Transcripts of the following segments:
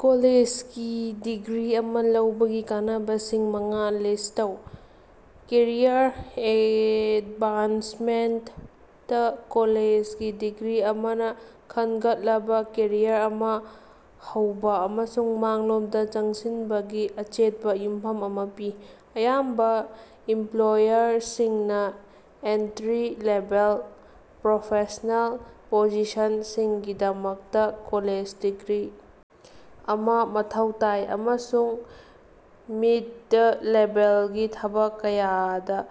ꯀꯣꯂꯦꯖꯒꯤ degree ꯑꯃ ꯂꯧꯕꯒꯤ ꯀꯥꯟꯅꯕꯁꯤꯡ ꯃꯉꯥ ꯂꯤꯁ꯭ꯠ ꯇꯧ꯫ ꯀꯦꯔꯤꯌꯔ ꯑꯦꯗꯚꯥꯟꯁꯃꯦꯟꯇ - ꯀꯣꯂꯦꯖꯒꯤ ꯗꯤꯒ꯭ꯔꯤ ꯑꯃꯅ ꯈꯟꯒꯠꯂꯕꯥ ꯀꯦꯔꯤꯌꯔ ꯑꯃ ꯍꯧꯕ ꯑꯃꯁꯨꯡ ꯃꯥꯡꯂꯣꯝꯗ ꯆꯪꯁꯤꯟꯕꯒꯤ ꯑꯆꯦꯠꯄ ꯌꯨꯝꯐꯝ ꯑꯃ ꯄꯤ꯫ ꯑꯌꯥꯝꯕ ꯏꯝꯄ꯭ꯂꯣꯌꯔꯁꯤꯡꯅ ꯑꯦꯟꯇꯔꯤ ꯂꯦꯚꯦꯜ ꯄ꯭ꯔꯣꯐꯦꯁꯅꯦꯜ ꯄꯣꯖꯤꯁꯟꯁꯤꯡꯒꯤꯗꯃꯛꯇ ꯀꯣꯂꯦꯖ ꯗꯤꯒ꯭ꯔꯤ ꯑꯃ ꯃꯊꯧ ꯇꯥꯏ, ꯑꯃꯁꯨꯡ ꯃꯤꯗ-ꯂꯦꯚꯦꯜꯒꯤ ꯊꯕꯛ ꯀꯌꯥꯗ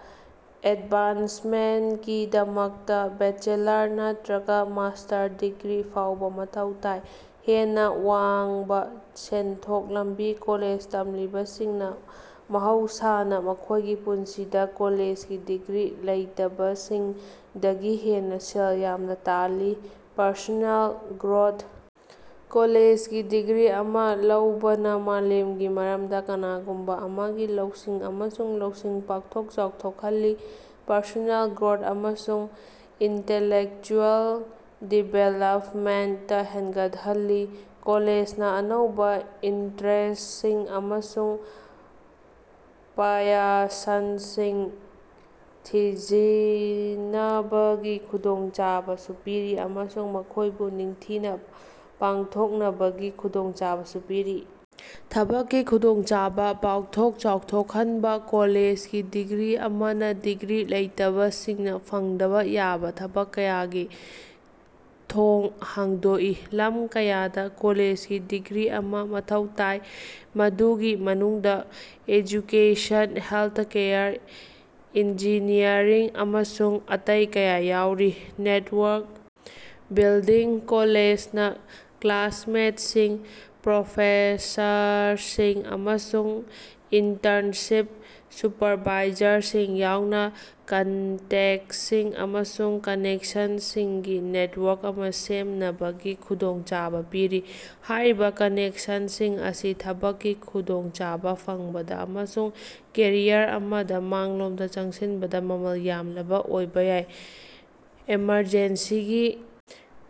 ꯑꯦꯗꯚꯥꯟꯁꯃꯦꯟꯇꯀꯤꯗꯃꯛꯇ ꯕꯦꯆꯦꯂꯔ ꯅꯠꯇ꯭ꯔꯒ ꯃꯥꯁ꯭ꯇꯔ ꯗꯤꯒ꯭ꯔꯤ ꯐꯥꯎꯕ ꯃꯊꯧ ꯇꯥꯏ꯫ ꯍꯦꯟꯅ ꯋꯥꯡꯕ ꯁꯦꯟꯊꯣꯛ ꯂꯝꯕꯤ- ꯀꯣꯂꯦꯖ ꯇꯝꯂꯤꯕꯁꯤꯡꯅ ꯃꯍꯧꯁꯥꯅ ꯃꯈꯣꯏꯒꯤ ꯄꯨꯟꯁꯤꯗ ꯀꯣꯂꯦꯖꯒꯤ ꯗꯤꯒ꯭ꯔꯤ ꯂꯩꯇꯕꯁꯤꯡꯗꯒꯤ ꯍꯦꯟꯅ ꯁꯦꯜ ꯌꯥꯝꯅ ꯇꯥꯜꯂꯤ꯫ ꯄꯔꯁꯣꯅꯦꯜ ꯒ꯭ꯔꯣꯊ- ꯀꯣꯂꯦꯖꯒꯤ ꯗꯤꯒ꯭ꯔꯤ ꯑꯃ ꯂꯧꯕꯅ ꯃꯥꯂꯦꯝꯒꯤ ꯃꯔꯝꯗ ꯀꯅꯥꯒꯨꯝꯕ ꯑꯃꯒꯤ ꯂꯧꯁꯤꯡ ꯑꯃꯁꯨꯡ ꯂꯧꯁꯤꯡ ꯄꯥꯛꯊꯣꯛ ꯆꯥꯎꯊꯣꯛꯍꯜꯂꯤ, ꯄꯔꯁꯣꯅꯦꯜ ꯒ꯭ꯔꯣꯊ ꯑꯃꯁꯨꯡ ꯏꯟꯇꯦꯂꯦꯛꯆꯨꯑꯦꯜ ꯗꯤꯚꯦꯂꯞꯃꯦꯟꯇ ꯍꯦꯟꯒꯠꯍꯜꯂꯤ꯫ ꯀꯣꯂꯦꯖꯅ ꯑꯅꯧꯕ ꯏꯟꯇꯔꯦꯁ꯭ꯇꯁꯤꯡ ꯑꯃꯁꯨꯡ ꯄ꯭ꯌꯥꯁꯟꯁꯤꯡ ꯊꯤꯖꯤꯟꯅꯕꯒꯤ ꯈꯨꯗꯣꯡꯆꯥꯕꯁꯨ ꯄꯤꯔꯤ, ꯑꯃꯁꯨꯡ ꯃꯈꯣꯏꯕꯨ ꯅꯤꯡꯊꯤꯅ ꯄꯥꯡꯊꯣꯛꯅꯕꯒꯤ ꯈꯨꯗꯣꯡꯆꯥꯕꯁꯨ ꯄꯤꯔꯤ꯫ ꯊꯕꯛꯀꯤ ꯈꯨꯗꯣꯡꯆꯥꯕ ꯄꯥꯛꯊꯣꯛ ꯆꯥꯎꯊꯣꯛꯍꯟꯕ - ꯀꯣꯂꯦꯖꯒꯤ ꯗꯤꯒ꯭ꯔꯤ ꯑꯃꯅ ꯗꯤꯒ꯭ꯔꯤ ꯂꯩꯇꯕꯁꯤꯡꯅ ꯐꯪꯗꯕꯥ ꯌꯥꯕ ꯊꯕꯛ ꯀꯌꯥꯒꯤ ꯊꯣꯡ ꯍꯥꯡꯗꯣꯛꯏ꯫ ꯂꯝ ꯀꯌꯥꯗ ꯀꯣꯂꯦꯖꯒꯤ ꯗꯤꯒ꯭ꯔꯤ ꯑꯃ ꯃꯊꯧ ꯇꯥꯏ, ꯃꯗꯨꯒꯤ ꯃꯅꯨꯡꯗ ꯑꯦꯖꯨꯀꯦꯁꯟ, ꯍꯦꯜꯊꯀꯦꯌꯔ, ꯏꯟꯖꯤꯅꯤꯌꯔꯤꯡ ꯑꯃꯁꯨꯡ ꯑꯇꯩ ꯀꯌꯥ ꯌꯥꯎꯔꯤ꯫ ꯅꯦꯠꯋꯥꯔꯛ ꯕꯤꯜꯗꯤꯡ - ꯀꯣꯂꯦꯖꯅꯥ ꯀ꯭ꯂꯥꯁꯃꯦꯠꯁꯤꯡ, ꯄ꯭ꯔꯣꯐꯦꯁꯔꯁꯤꯡ, ꯑꯃꯁꯨꯡ ꯏꯟꯇ꯭ꯔꯟꯁꯤꯞ ꯁꯨꯄꯔꯚꯥꯏꯖꯔꯁꯤꯡ ꯌꯥꯎꯅ ꯀꯟꯇꯦꯛꯇꯁꯤꯡ ꯑꯃꯁꯨꯡ ꯀꯥꯅꯦꯛꯁꯟꯁꯤꯡꯒꯤ ꯅꯦꯠꯋꯥꯔꯛ ꯑꯃ ꯁꯦꯝꯅꯕꯒꯤ ꯈꯨꯗꯣꯡꯆꯥꯕ ꯄꯤꯔꯤ꯫ ꯍꯥꯏꯔꯤꯕ ꯀꯥꯅꯦꯛꯁꯟꯁꯤꯡ ꯑꯁꯤ ꯊꯕꯛꯀꯤ ꯈꯨꯗꯣꯡꯆꯥꯕ‌ ꯐꯪꯕꯗꯥ ꯑꯃꯁꯨꯡ ꯀꯦꯔꯤꯌꯔ ꯑꯃꯗ ꯃꯥꯡꯂꯣꯝꯗ ꯆꯪꯁꯤꯟꯕꯗꯥ ꯃꯃꯜ ꯌꯥꯝꯂꯕꯥ ꯑꯣꯏꯕ ꯌꯥꯏ꯫ ꯑꯦꯃꯔꯖꯦꯟꯁꯤꯒꯤ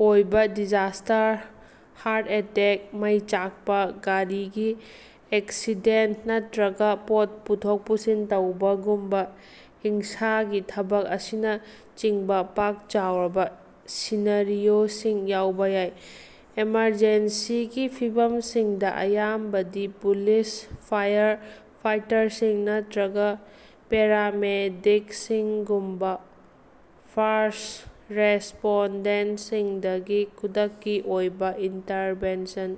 ꯑꯣꯏꯕ ꯗꯤꯖꯥꯁꯇꯔ, ꯍꯥ꯭ꯔꯠ ꯑꯦꯇꯦꯛ, ꯃꯩ ꯆꯥꯛꯄ, ꯒꯥꯔꯤꯒꯤ ꯑꯦꯛꯁꯤꯗꯦꯟꯇ ꯅꯠꯇ꯭ꯔꯒꯥ ꯄꯣꯠ ꯄꯨꯊꯣꯛ ꯄꯨꯁꯤꯟ ꯇꯧꯕꯒꯨꯝꯕ ꯍꯤꯡꯁꯥꯒꯤ ꯊꯕꯛ ꯑꯁꯤꯅꯆꯤꯡꯕ ꯄꯥꯛ-ꯆꯥꯎꯔꯕꯥ ꯁꯤꯅꯥꯔꯤꯑꯣꯁꯤꯡ ꯌꯥꯎꯕ ꯌꯥꯏ꯫ ꯑꯦꯃꯔꯖꯦꯟꯁꯤꯒꯤ ꯐꯤꯚꯝꯁꯤꯡꯗ ꯑꯌꯥꯝꯕꯗꯤ ꯄꯨꯂꯤꯁ, ꯐꯥꯏꯌꯔ ꯐꯥꯏꯇꯔꯁꯤꯡ ꯅꯠꯇ꯭ꯔꯒꯥ ꯄꯦꯔꯥꯃꯦꯗꯤꯛꯁꯤꯡꯒꯨꯝꯕ ꯐꯥꯔꯁ꯭ꯠ ꯔꯦꯁꯄꯣꯟꯗꯦꯟꯇꯁꯤꯡꯗꯒꯤ ꯈꯨꯗꯛꯀꯤ ꯑꯣꯏꯕ ꯏꯟꯇꯔꯚꯦꯟꯁꯟ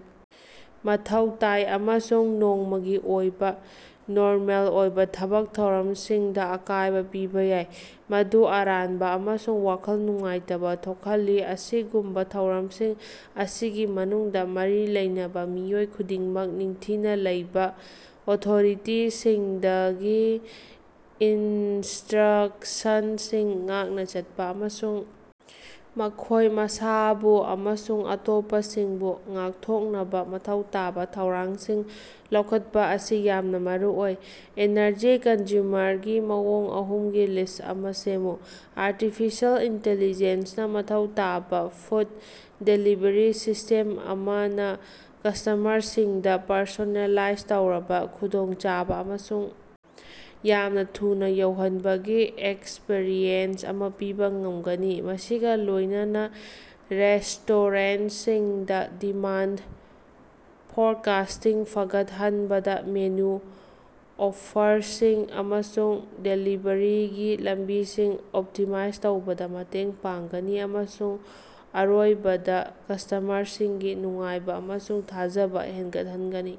ꯃꯊꯧ ꯇꯥꯏ ꯑꯃꯁꯨꯡ ꯅꯣꯡꯃꯒꯤ ꯑꯣꯏꯕ ꯅꯣꯔꯃꯦꯜ ꯑꯣꯏꯕ ꯊꯕꯛ ꯊꯧꯔꯝꯁꯤꯡꯗ ꯑꯀꯥꯏꯕ ꯄꯤꯕ ꯌꯥꯏ, ꯃꯗꯨ ꯑꯔꯥꯟꯕ ꯑꯃꯁꯨꯡ ꯋꯥꯈꯜ ꯅꯨꯡꯉꯥꯏꯇꯕꯥ ꯊꯣꯛꯍꯜꯂꯤ꯫ ꯑꯁꯤꯒꯨꯝꯕ ꯊꯧꯔꯝꯁꯤꯡ ꯑꯁꯤꯒꯤ ꯃꯅꯨꯡꯗ, ꯃꯔꯤ ꯂꯩꯅꯕꯥ ꯃꯤꯑꯣꯏ ꯈꯨꯗꯤꯡꯃꯛ ꯅꯤꯡꯊꯤꯅ ꯂꯩꯕ, ꯑꯣꯊꯣꯔꯤꯇꯤꯁꯤꯡꯗꯒꯤ ꯏꯟꯁꯇ꯭ꯔꯛꯁꯟꯁꯤꯡ ꯉꯥꯛꯅ ꯆꯠꯄꯥ, ꯑꯃꯁꯨꯡ ꯃꯈꯣꯏ ꯃꯁꯥꯕꯨ ꯑꯃꯁꯨꯡ ꯑꯇꯣꯞꯄꯁꯤꯡꯕꯨ ꯉꯥꯛꯊꯣꯛꯅꯕꯥ ꯃꯊꯧ ꯇꯥꯕ ꯊꯧꯔꯥꯡꯁꯤꯡ ꯂꯧꯈꯠꯄ ꯑꯁꯤ ꯌꯥꯝꯅ ꯃꯔꯨꯑꯣꯏ꯫ ꯑꯦꯅꯔꯖꯤ ꯀꯟꯖ꯭ꯌꯨꯃꯔꯒꯤ ꯃꯑꯣꯡ ꯑꯍꯨꯝꯒꯤ ꯂꯤꯁ꯭ꯠ ꯑꯃ ꯁꯦꯃꯃꯨ꯫ ꯑꯥꯔꯇꯤꯐꯤꯁꯤꯑꯦꯜ ꯏꯟꯇꯤꯂꯤꯖꯦꯟꯁ ꯅꯥ ꯃꯊꯧ ꯇꯧꯕ ꯐꯨꯗ ꯗꯦꯂꯤꯕꯔꯤ ꯁꯤꯁꯇꯦꯝ ꯑꯃꯅ ꯀꯁ꯭ꯇꯃꯔꯁꯤꯡꯗ ꯄꯔꯁꯣꯅꯦꯂꯥꯏꯖ ꯇꯧꯔꯕ, ꯈꯨꯗꯣꯡꯆꯥꯕ‌ ꯑꯃꯁꯨꯡ ꯌꯥꯝꯅ ꯊꯨꯅ ꯌꯧꯍꯟꯕꯒꯤ ꯑꯦꯛꯁꯄꯔꯤꯌꯦꯟꯁ ꯑꯃ ꯄꯤꯕ ꯉꯝꯒꯅꯤ, ꯃꯁꯤꯒ ꯂꯣꯏꯅꯅꯥ ꯔꯦꯁꯇꯣꯔꯦꯟꯇꯁꯤꯡꯗ ꯗꯤꯃꯥꯟꯗ ꯐꯣꯔꯀꯥꯁꯇꯤꯡ ꯐꯒꯠꯍꯟꯕꯗꯥ, ꯃꯦꯅꯨ ꯑꯣꯐꯔꯁꯤꯡ ꯑꯃꯁꯨꯡ ꯗꯦꯂꯤꯕꯔꯤꯒꯤ ꯂꯝꯕꯤꯁꯤꯡ ꯑꯣꯞꯇꯤꯃꯥꯏꯖ ꯇꯧꯕꯗ ꯃꯇꯦꯡ ꯄꯥꯡꯒꯅꯤ, ꯑꯃꯁꯨꯡ ꯑꯔꯣꯏꯕꯗꯥ ꯀꯁ꯭ꯇꯃꯔꯁꯤꯡꯒꯤ ꯅꯨꯡꯉꯥꯏꯕ ꯑꯃꯁꯨꯡ ꯊꯥꯖꯕ ꯍꯦꯟꯒꯠꯍꯟꯒꯅꯤ꯫